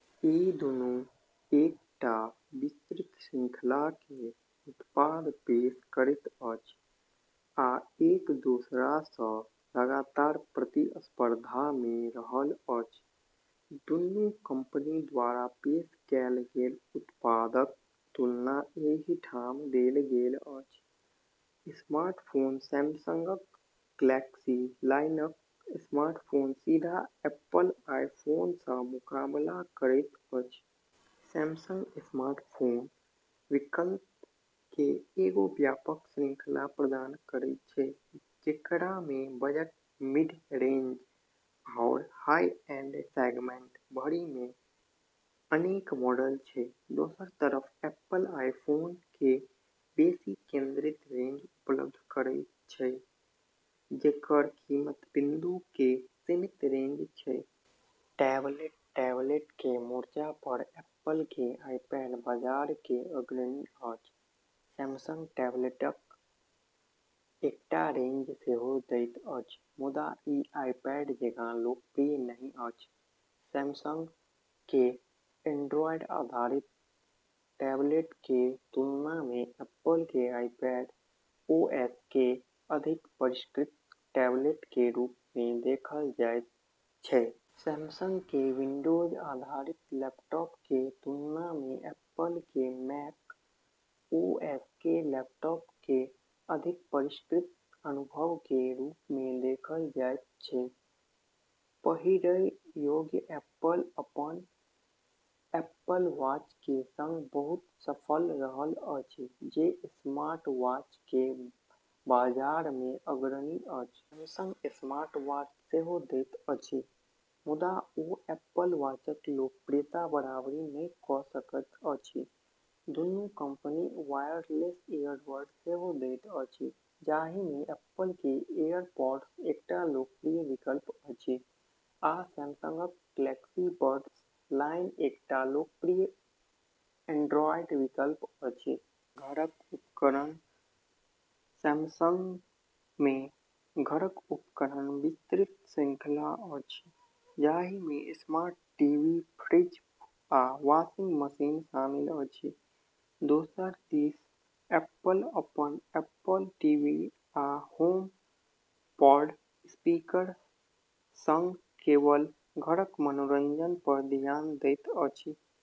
ई दुनू एकटा विस्तृत श्रृंखलाके उत्पाद पेश करैत अछि आ एक दोसरासँ लगातार प्रतिस्पर्धामे रहल अछि। दुन्नू कंपनी द्वारा पेश कएल गेल उत्पादक तुलना एहि ठाम देल गेल अछि: स्मार्टफोन: सैमसंगक गैलेक्सी लाइनक स्मार्टफोन सीधा एप्पलक आईफोनसँ मुकाबला करैत अछि। सैमसंग स्मार्टफोन विकल्प केर एगो व्यापक श्रृंखला प्रदान करै छै, जेकरामे बजट, मिड रेंज, आओर हाई-एंड सेगमेंट भरिमे अनेक मॉडल छै। दोसर तरफ एप्पल आईफोन केर बेशी केंद्रित रेंज उपलब्ध करैत छै जेकर कीमत बिंदु केर सीमित रेंज छै। टैबलेट: टैबलेटके मोर्चा पर एप्पलके आईपैड बाजारके अग्रणी अछि। सैमसंग टैबलेटक एकटा रेंज सेहो दैत अछि, मुदा ई आईपैड जेकाँ लोकप्रिय नहि अछि। सैमसंग केर एंड्रॉयड आधारित टैबलेटके तुलनामे एप्पल केर आईपैड- ओएसके अधिक परिष्कृत टैबलेटके रूपमे देखल जाइत जाइत छै। सैमसंग केर विंडोज आधारित लैपटॉपके तुलनामे एप्पल केर मैक- ओएसके लैपटॉप केर अधिक परिष्कृत अनुभवके रूपमे देखल जाइत छै। पहिरय योग्य: एप्पल अपन एप्पल वॉचके सङ्ग बहुत सफल रहल अछि जे स्मार्टवॉचके बाजारमे अग्रणी अछि। सैमसंग स्मार्टवॉच सेहो दैत अछि, मुदा ओ एप्पल वॉचक लोकप्रियताक बराबरी नहि क' सकल अछि। दुन्नू कंपनी वायरलेस इयरबड सेहो दैत अछि, जाहिमे एप्पल क' एयरपॉड्स एकटा लोकप्रिय विकल्प अछि, आ सैमसंगक गैलेक्सी बड्स लाइन एकटा लोकप्रिय एंड्रॉयड विकल्प अछि। घरक उपकरण: सैमसंगमे घरक उपकरणक विस्तृत श्रृंखला अछि, जाहिमे स्मार्ट टीवी, फ्रिज, आ वाशिंग मशीन शामिल अछि। दोसर दिस एप्पल अपन एप्पल टीवी आ होमपॉड स्पीकरक सङ्ग केवल घरक मनोरंजन पर धियान दैत अछि।